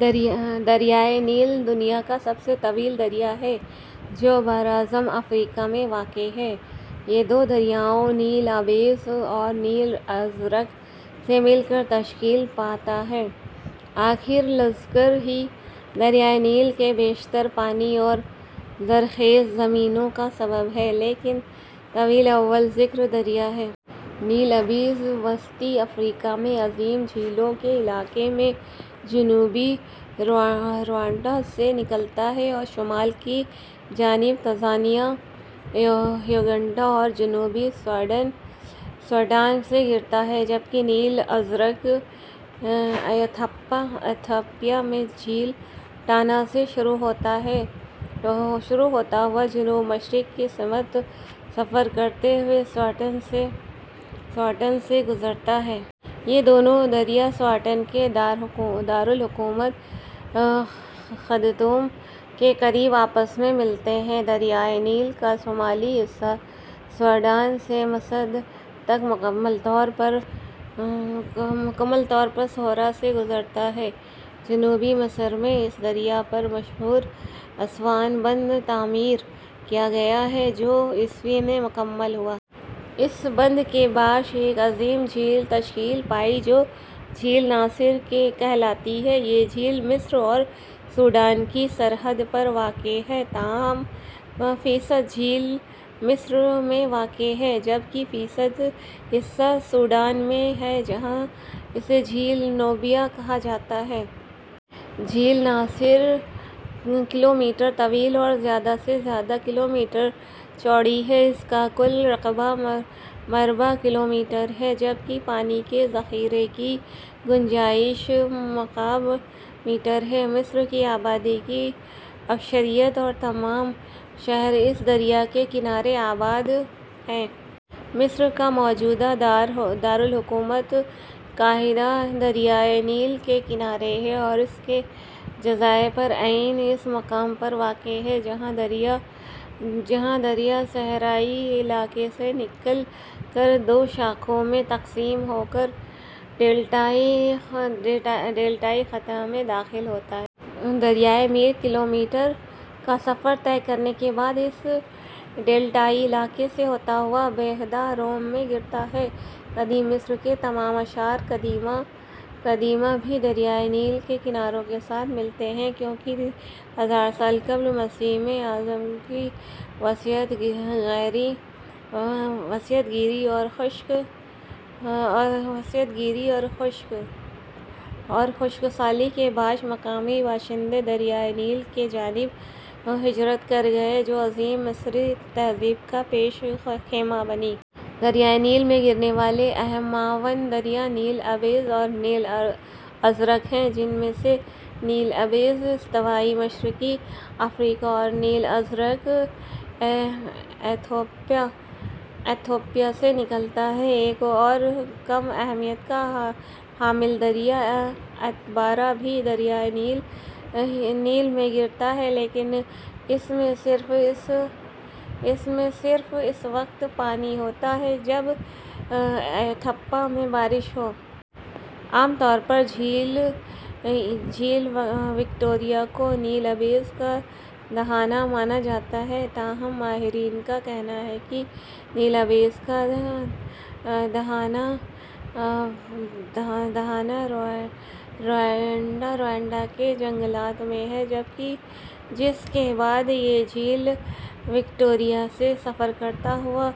دریائے نیل دنیا کا سب سے طویل دریا ہے جو براعظم افریقا میں واقع ہے۔ یہ دو دریاؤں نیل ابیض اور نیل ازرق سے مل کر تشکیل پاتا ہے۔ آخر الذکر ہی دریائے نیل کے بیشتر پانی اور زرخیز زمینوں کا سبب ہے لیکن طویل اول الذکر دریا ہے۔ نیل ابیض وسطی افریقا میں عظیم جھیلوں کے علاقے میں جنوبی روانڈا سے نکلتا ہے اور شمال کی جانب تنزانیہ ، یوگینڈا اور جنوبی سوڈان سے گذرتا ہے، جبکہ نیل ازرق ایتھوپیا میں جھیل ٹانا سے شروع ہوتا ہوا جنوب مشرق کی سمت سفر کرتے ہوئے سوڈان سے گذرتا ہے۔ یہ دونوں دریا سوڈان کے دار الحکومت خرطوم کے قریب آپس میں ملتے ہیں۔ دریائے نیل کا شمالی حصہ سوڈان سے مصر تک مکمل طور پر صحرا سے گذرتا ہے۔ جنوبی مصر میں اس دریا پر مشہور اسوان بند تعمیر کیا گیا ہے، جو ء میں مکمل ہوا۔ اس بند کے باعث ایک عظیم جھیل تشکیل پائی جو جھیل ناصر کہلاتی ہے۔ یہ جھیل مصر اور سوڈان کی سرحد پر واقع ہے تاہم فیصد جھیل مصر میں واقع ہے، جبکہ فیصد حصہ سوڈان میں ہے جہاں اسے جھیل نوبیا کہا جاتا ہے۔ جھیل ناصر کلومیٹر طویل اور زیادہ سے زیادہ کلومیٹر چوڑی ہے۔ اس کا کل رقبہ ، مربع کلومیٹر ہے، جبکہ پانی کے ذخیرے کی گنجائش مکعب میٹر ہے۔ مصر کی آبادی کی اکثریت اور تمام شہر اسی دریا کے کنارے آباد ہیں۔ مصر کا موجودہ دار الحکومت قاہرہ دریائے نیل کے کنارے ہے اور اس کے جزائر پر عین اس مقام پر واقع ہے جہاں دریا صحرائی علاقے سے نکل کر دو شاخوں میں تقسیم ہوکر ڈیلٹائی خطے میں داخل ہوتا ہے۔ دریائے نیل ، کلومیٹر کا سفر طے کرنے کے بعد اس ڈیلٹائی علاقے سے ہوتا ہوا بحیرہ روم میں گرتا ہے۔ قدیم مصر کے تمام آثار قدیمہ بھی دریائے نیل کے کناروں کے ساتھ ملتے ہیں کیونکہ ہزار سال قبل مسیح میں صحرائے اعظم کی وسعت گیری اور خشک سالی کے باعث مقامی باشندے دریائے نیل کی جانب ہجرت کر گئے جو عظیم مصری تہذیب کا پیش خیمہ بنی۔ دریائے نیل میں گرنے والے اہم معاون دریا نیل ابیض اور نیل ازرق ہیں جن میں سے نیل ابیض استوائی مشرقی افریقہ اور نیل ازرق ایتھوپیا سے نکلتا ہے۔ ایک اور کم اہمیت کا حامل دریا اتبارا بھی دریائے نیل میں گرتا ہے لیکن اس میں صرف اسی وقت پانی ہوتا ہے جب ایتھوپیا میں بارش ہو۔ عام طور پر جھیل وکٹوریہ کو نیل ابیض کا دہانہ مانا جاتا ہے تاہم ماہرین کا کہنا ہے کہ نیل ابیض کا دہانہ روانڈا کے جنگلات میں ہے جس کے بعد یہ جھیل وکٹوریہ سے سفر کرتا ہوا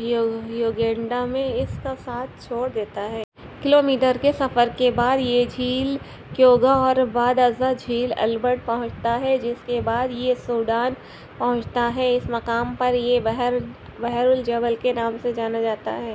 یوگینڈا میں اس کا ساتھ چھوڑدیتا ہے۔ کلومیٹر کے سفر کے بعد یہ جھیل کیوگا اور بعد ازاں جھیل البرٹ پہنچتا ہے جس کے بعد یہ سوڈان پہنچتا ہے۔ اس مقام پر یہ بحر الجبل کے نام سے جانا جاتا ہے۔